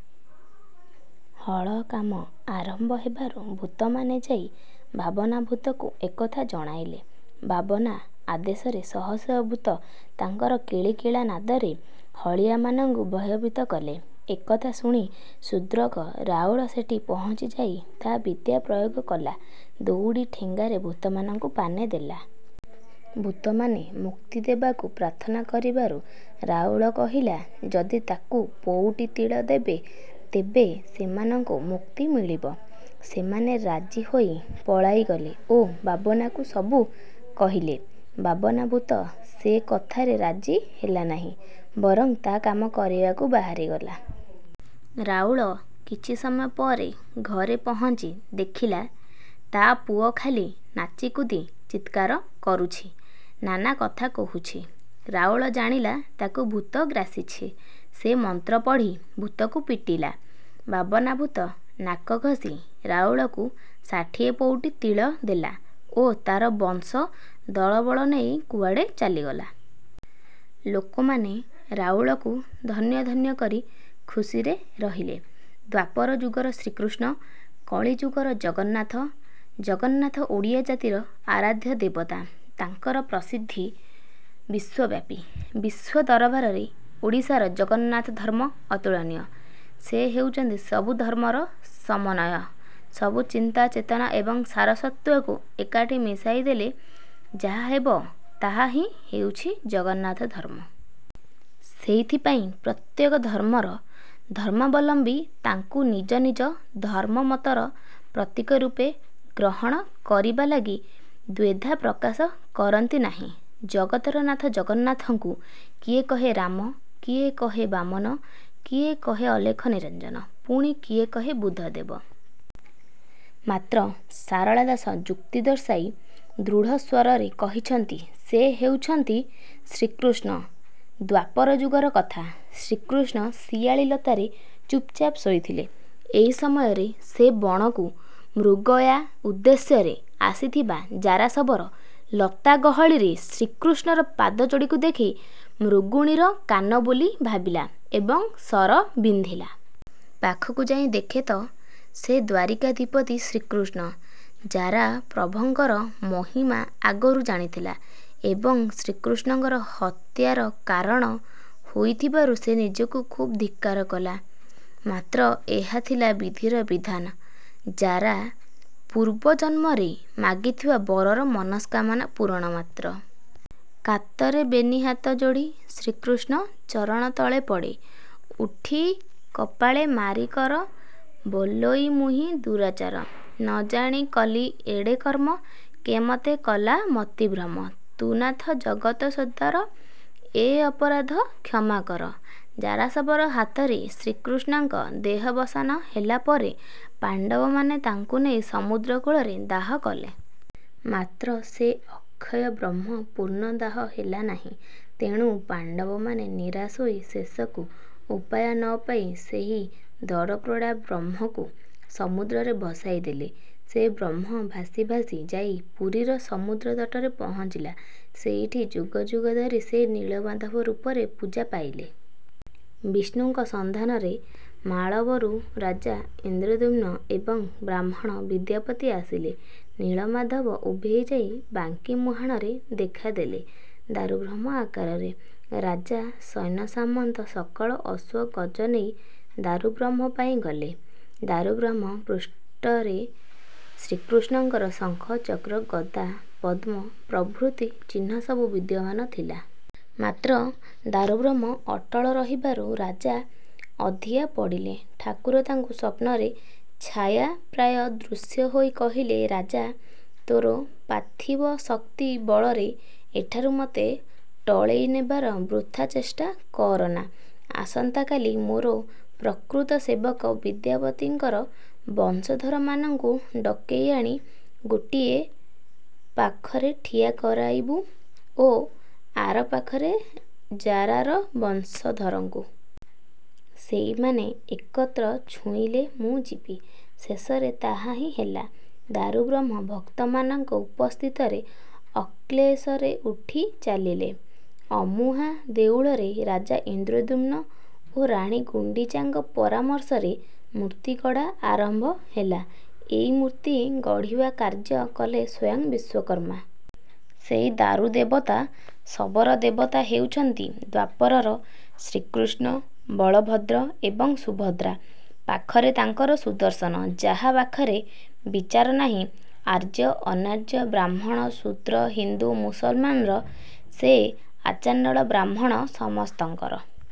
" ହଳ କାମ ଆରମ୍ଭ ହେବାରୁ ଭୁତମାନେ ଯାଇ ବାବନାଭୁତକୁ ଏକଥା ଜଣାଇଲେ। ବାବନା ଆଦେଶରେ ଶହ ଶହ ଭୁତ ତାଙ୍କର କିଳିକିଳା ନାଦରେ ହଳିଆମାନଙ୍କୁ ଭୟଭୀତ କଲେ। ଏକଥା ଶ୍ହୁଣି ଶୁଦ୍ରକ ରାଉଳ ସେଠି ପହଙ୍ଚିଯାଇ ତା ବିଦ୍ୟା ପ୍ରୟୋଗ କଲା, ଦଉଡି ଠେଙ୍ଗାରେ ଭୁତମାନଙ୍କୁ ପାନେ ଦେଲା। ଭୁତମାନେ ମୁକ୍ତିଦେବାକୁ ପ୍ରାର୍ଥନା କରିବାରୁ ରାଉଳ କହିଲା ଯଦି ତାକୁ ପଉଟି ତିଳ ଦେବେ, ତେବେ ସେମାନଙ୍କୁ ମୁକ୍ତି ମିଳିବ। ସେମାନେ ରାଜି ହୋଇ ପଳାଇଗଲେ ଓ ବାବନାକୁ ସବୁ କହିଲେ। ବାବନାଭୁତ ସେ କଥାରେ ରାଜି ହେଲାନାହିଁ, ବରଙ୍ଗ୍ ତା କାମ କରିବାକୁ ବାହାରି ଗଲା। ରାଉଳ କିଛି ସମୟପରେ ଘରେ ପହନ୍ଚି ଦେଖିଲା ତା ପୁଅ ଖାଲି ନାଚିକୁଦି ଚିତ୍କାର କରୁଛି, ନାନା କଥା କହୁଛି। ରାଉଳ ଜାଣିଲା ତାକୁ ଭୁତ ଗ୍ରାସିଛି। ସେ ମନ୍ତ୍ର ପଢ଼ି ଭୁତକୁ ପିଟିଲା। ବାବନାଭୁତ ନାକ ଘଷି ରାଉଳକୁ ଷାଠିଏ ପଉଟି ତିଳ ଦେଲା ଓ ତାର ବଂଶ ଦଳବଳ ନେଇ କୁଅଡେ ଚାଲିଗଲା। ଲୋକମାନେ ରାଉଳକୁ ଧନ୍ୟ ଧନ୍ୟ କରି ଖୁସିରେ ରହିଲେ। ଦ୍ୱାପର ଯୁଗର ଶ୍ରୀକୃଷ୍ଣ କଳିଯୁଗର ଜଗନ୍ନାଥ ଜଗନ୍ନାଥ ଓଡ଼ିଆ ଜାତିର ଆରାଧ୍ୟ ଦେବତା, ତାଙ୍କର ପ୍ରସିଦ୍ଧି ବିଶ୍ୱବ୍ୟାପୀ। ବିଶ୍ୱ ଦରବାରରେ ଓଡ଼ିଶାର ଜଗନ୍ନାଥ ଧର୍ମ ଅତୁଳନୀୟ, ସେ ହେଉଛନ୍ତି ସବୁ ଧର୍ମର ସମନ୍ୱୟ। ସବୁ ଚିନ୍ତା ଚେତନା ଏବଂ ସାରସ୍ୱତକୁ ଏକାଠି ମିଶାଇ ଦେଲେ ଯାହା ହେବ ତାହା ହିଁ ହେଉଛି ଜଗନ୍ନାଥ ଧର୍ମ। ସେଇଥି ପାଇଁ ପ୍ରତ୍ୟେକ ଧର୍ମର ଧର୍ମାବଲମ୍ବୀ ତାଙ୍କୁ ନିଜ ନିଜ ଧର୍ମମତର ପ୍ରତୀକ ରୂପେ ଗ୍ରହଣ କରିବା ଲାଗି ଦ୍ୱିଧା ପ୍ରକଶ କରନ୍ତି ନାହିଁ। ଜଗତର ନାଥ ଜଗନ୍ନାଥଙ୍କୁ କିଏ କହେ 'ରାମ' କିଏ କହେ 'ବାମନ' କିଏ କହେ 'ଅଲେଖ ନିରଞନ' ପୁଣି କିଏ କହେ 'ବୁଦ୍ଧଦେବ'। ମାତ୍ର ଶାରଳା ଦାସ ଯୁକ୍ତି ଦର୍ଶାଇ ଦ୍ରୁଢ ସ୍ୱରରେ କହିଛନ୍ତି, ସେ ହେଉଛନ୍ତି 'ଶ୍ରୀକୃଷ୍ଣ'। ଦ୍ୱାପର ଯୁଗର କଥା। ଶ୍ରୀକୃଷ୍ଣ ଶିଆଳି ଲତାରେ ଚୁପ ଚାପ ଶୋଇଥିଲେ। ଏଇ ସମୟରେ ସେ ବଣକୁ ମୃଗୟା ଉଦ୍ଦେଶ୍ୟରେ ଆସିଥିବା ଜାରାଶବର ଲତା ଗହଳିରେ ଶ୍ରୀକୃଷ୍ଣର ପାଦ ଯୋଡିକୁ ଦେଖି ମୃଗୁଣୀର କାନ ବୋଲି ଭାବିଲା ଏବଂ ଶର ବିନ୍ଧିଲା। ପାଖକୁ ଯାଇ ଦେଖେ ତ ସେ ଦ୍ୱାରିକାଧିପତି ଶ୍ରୀକୃଷ୍ଣ। ଜାରା ପ୍ରଭଙ୍କର ମହିମା ଆଗରୁ ଜାଣିଥିଲା, ଏବେ ଶ୍ରୀକୃଷ୍ଣଙ୍କର ହତ୍ୟାର କାରଣ ହୋଇଥିବାରୁ ସେ ନିଜକୁ ଖୁବ ଧିକ୍କାର କଲା। ମାତ୍ର ଏହା ଥିଲା ବିଧିର ବିଧାନ ଜାରା ପୁର୍ବ ଜନ୍ମରେ ମାଗିଥିବା ବରର ମନସ୍କାମନା ପୁରଣ ମାତ୍ର। "କାତରେ ବେନି ହାତ ଯୋଡି, କୃଷ୍ଣଙ୍କ ଚରଣ ତଳେ ପଡି ଉଠି କପାଳେ ମାରି କର, ବୋଲଇ ମୁହିଁ ଦୁରାଚାର ନ ଜାଣି କଲି ଏଡେ କର୍ମ, କେ ମତେ କଲା ମତିଭ୍ରମ ତୁ ନାଥ ଜଗତ ସୋଦର, ଏ ଅପରାଧ କ୍ଷମା କର" ଜାରାଶବର ହାତରେ ଶ୍ରୀକୃଷ୍ଣଙ୍କ ଦେହବସାନ ହେଲା ପରେ ପାଣ୍ଡବମାନେ ତାଙ୍କୁ ନେଇ ସମୁଦ୍ର କୁଳରେ ଦାହ କଲେ। ମାତ୍ର ସେ ଅକ୍ଷୟ ବ୍ରହ୍ମ ପୂର୍ଣ୍ଣ ଦାହ ହେଲା ନାହ୍ହି ତେଣୁ ପାଣ୍ଡବମାନେ ନିରାଶ ହୋଇ ଶେଷକୁ ଉପାୟ ନପାଇ ସେଇ ଦରପୋଡା ବ୍ରହ୍ମକୁ ସମୁଦ୍ରରେ ଭସାଇ ଦେଲେ। ସେ ବ୍ରହ୍ମ ଭାସି ଭାସି ଯାଇ ପୁରୀର ସମୁଦ୍ର ତଟରେ ପହନ୍ଚିଲା। ସେଇଠି ଯୁଗ ଯୁଗ ଧରି ସେ ନୀଳମାଧବ ରୁପରେ ପୂଜା ପାଇଲେ। ବିଷ୍ଣୁଙ୍କ ସନ୍ଧାନରେ ମାଳବରୁ ରାଜା ଇନ୍ଦ୍ରଦ୍ୟୁମ୍ନ ଏବଂ ବ୍ରାହ୍ମଣ ବିଦ୍ୟାପତି ଆସିଲେ। ନୀଳମାଧବ ଉଭେଇ ଯାଇ ବାଙ୍କି ମୁହାଣରେ ଦେଖା ଦେଲେ ଦାରୁବ୍ରହ୍ମ ଆକାରରେ। ରାଜା ସୈନ୍ୟସାମନ୍ତ, ସକଳ ଅଶ୍ୱ ଗଜ ନେଇ "ଦାରୁବ୍ରହ୍ମ" ପାଇଁ ଗଲେ। ଦାରୁବ୍ରହ୍ମ ପ୍ରୁଷ୍ଠରେ ଶ୍ରୀକୃଷ୍ଣଙ୍କର ଶଙ୍ଖ, ଚକ୍ର, ଗଦା, ପଦ୍ମ ପ୍ରଭୃତି ଚିହ୍ଣ ସବୁ ବିଦ୍ୟମାନ ଥିଲା। ମାତ୍ର ଦାରୁବ୍ରହ୍ମ ଅଟଳ ରହିବାରୁ ରାଜା ଅଧିଆ ପଡିଲେ। ଠାକୁର ତାଙ୍କୁ ସ୍ୱପ୍ନରେ ଛାୟାପ୍ରାୟ ଦୃଶ୍ୟ ହୋଇ କହିଲେ "ରାଜା, ତୋର ପାର୍ଥିବ ଶକ୍ତି ବଳରେ ଏଠାରୁ ମୋତେ ଟଳେଇ ନେବାର ବୃଥା ଚେଷ୍ଟା କରନା। ଆସନ୍ତା କାଲି ମୋର ପ୍ରକୃତ ସେବକ ବିଦ୍ୟାପତିଙ୍କର ବଂଶଧରମାନଙ୍କୁ ଡକେଇ ଆଣି ଗୋଟିଏ ପାଖରେ ଠିଆ କରାଇବୁ ଓ ଆର ପାଖରେ ଜାରାର ବଂଶଧରଙ୍କୁ। ସେଇମାନେ ଏକତ୍ର ଛୁଇଁଲେ ମୁଁ ଯିବି"। ଶେଷରେ ତାହା ହି ହେଲା। ଦାରୁବ୍ରହ୍ମ ଭକ୍ତମାନଙ୍କ ଉପସ୍ଥିତିରେ ଅକ୍ଳେଶରେ ଉଠି ଚାଲିଲେ। ଅମୁହାଁ ଦେଉଳରେ ରାଜା ଇନ୍ଦ୍ରଦ୍ୟୁମ୍ନ ଓ ରାଣୀ ଗୁଣ୍ଡିଚାଙ୍କ ପରାମର୍ଶରେ ମୂର୍ତ୍ତୀଗଢା ଆରମ୍ଭ ହେଲା। ଏଇ ମୂର୍ତ୍ତୀ ଗଢିବା କାର୍ଯ଼୍ୟ କଲେ ସ୍ୱୟଂ ବିଶ୍ୱକର୍ମା। ସେଇ ଦାରୁ ଦେବତା।।। ଶବର ଦେବତା।।। ହେଉଛନ୍ତି ଦ୍ୱାପରର ଶ୍ରୀକୃଷ୍ଣ ବଳଭଦ୍ର ଏବଂ ସୁଭଦ୍ରା! ପାଖରେ ତାଙ୍କର ସୁଦର୍ଶନ। ଯାହା ପାଖରେ ବିଚାର ନାହିଁ ଆର୍ଯ଼୍ୟ, ଅନାର୍ଯ଼୍ୟ, ବ୍ରାହ୍ମଣ, ଶୁଦ୍ର, ହିନ୍ଦୁ, ମୁସଲମାନର। ସେ ଆଚାଣ୍ଡାଳ ବ୍ରାହ୍ମଣ ସମସ୍ତଙ୍କର।